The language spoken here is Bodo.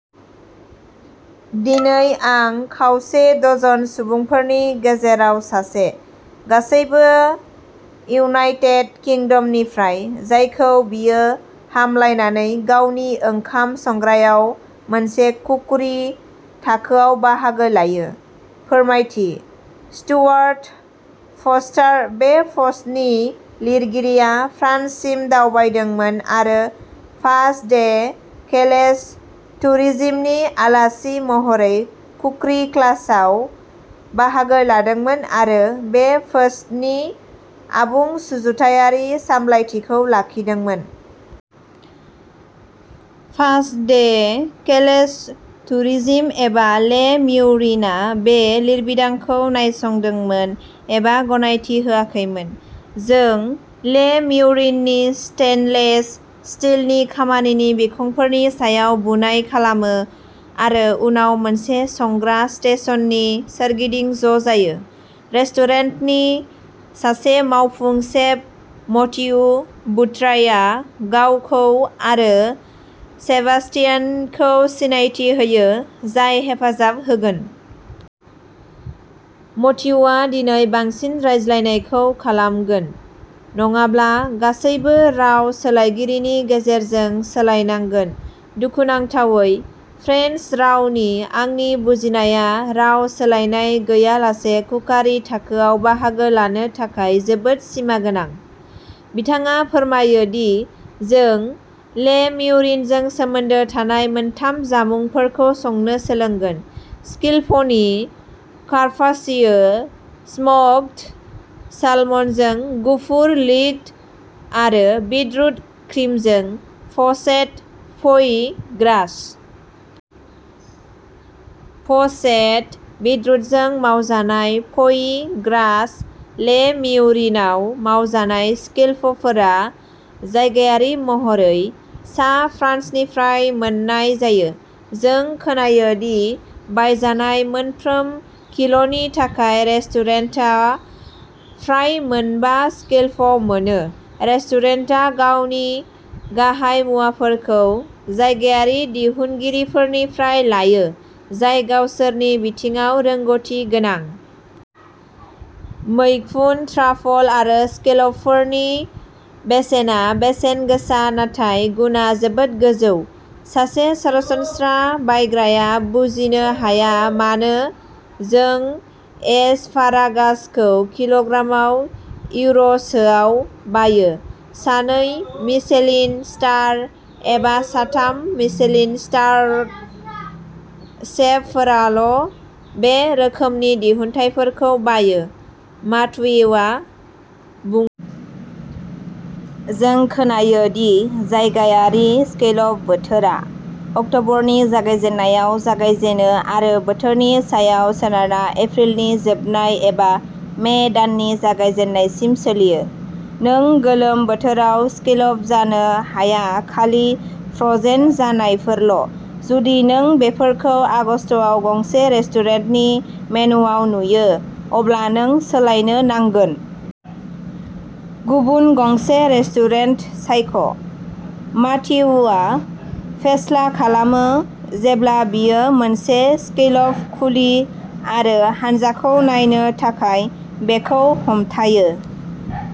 दिनै आं खावसे डजन सुबुंफोरनि गेजेराव सासे, गासैबो इउनाइटेड किंडमनिफ्राय, जायखौ बियो हामलायनानै गावनि ओंखाम संग्रायाव मोनसे कुकरी थाखोआव बाहागो लायो। फोरमायथिः स्टुआर्ट फ'र्स्टार, बे पस्टनि लिरगिरिया, फ्रान्ससिम दावबायदोंमोन आरो पास डे केलेस टुरिजिमनि आलासि महरै कुकरी क्लासआव बाहागो लादोंमोन आरो बे पोस्टनि आबुं सुजुथायारि सामलायथिखौ लाखिदोंमोन। पास डे केलेस टुरिजिम एबा ले म्युरिनआ बे लिरबिदांखौ नायसंदोंमोन एबा गनायथि होआखैमोन। जों ले म्युरिननि स्टेइनलेस स्टीलनि खामानिनि बिखंफोरनि गेजेराव बुनाय खालामो आरो उनाव मोनसे संग्रा स्टेशननि सोरगिदिं ज'जायो। रेस्टुरेन्टनि सासे मावफुं सेफ मथियु बुट्रायआ गावखौ आरो सेबास्तियानखौ सिनायथि होयो, जाय हेफाजाब होगोन। मथियुआ दिनै बांसिन रायज्लायनायखौ खालामगोन, नङाब्ला गासैबो राव सोलायगिरिनि गेजेरजों सोलायनांगोन। दुखुनांथावै, फ्रेन्स रावनि आंनि बुजिनायआ राव सोलायनाय गैयालासे कुकारि थाखोआव बाहागो लानो थाखाय जोबोद सिमागोनां। बिथाङा फोरमायो दि जों ले म्युरिनजों सोमोन्दो थानाय मोनथाम जामुंफोरखौ संनो सोलोंगोनः स्कैलपनि कार्पाचियो, स्मोक्ड सालमनजों गुफुर लिक आरो बिटरुट क्रिमजों प'चेद फ'ई ग्रास। प'चेद बिटरुटजों मावजानाय फ'ई ग्रास। ले म्युरिनआव मावजानाय स्कैलपफोरा जायगायारि महरै, सा फ्रान्सनिफ्राय मोन्नाय जायो। जों खोनायो दि बायजानाय मोनफ्रोम किल'नि थाखाय रेस्टुरेन्टआ फ्राय मोनबा स्कैलप मोनो। रेस्टुरेन्टआ गावनि गाहाय मुवाफोरखौ जायगायारि दिहुनगिरिफोरनिफ्राय लायो, जाय गावसोरनि बिथिङाव रोंग'थि गोनां। "मैखुन, ट्राफल आरो स्कैलपफोरनि बेसेना बेसेन गोसा नाथाय गुनआ जोबोद गोजौ। सासे सरासनस्रा बायग्राया बुजिनो हाया मानो जों एसपारागासखौ किल'ग्रामाव इउर'सोआव बायो। सानै मिशेलिन-स्टार एबा साथाम मिशेलिन-स्टारड सेफफोराल'बे रोखोमनि दिहुनथायफोरखौ बायो", माथेयुआ बुंफोरो। जों खोनायो दि जायगायारि स्कैलप बोथोरा। अक्ट'बरनि जागायजेन्नायाव जागायजेनो आरो बोथोरनि सायाव सोनारना एप्रिलनि जोबनाय एबा मे दाननि जागायजेन्नायसिम सोलियो। "नों गोलोम बोथोराव स्कैलप जानो हाया-खालि फ्र'जेन जानायफोरल'। जुदि नों बेफोरखौ आगस्तआव गंसे रेस्टुरेन्टनि मेनुवाव नुयो, अब्ला नों सोलायनो नांगोन! गुबुन गंसे रेस्टुरेन्ट सायख'", माथेयुआ फेस्ला खालामो जेब्ला बियो मोनसे स्कैलप खुलि आरो हानजाखौ नायनो थाखाय बेखौ हमथायो।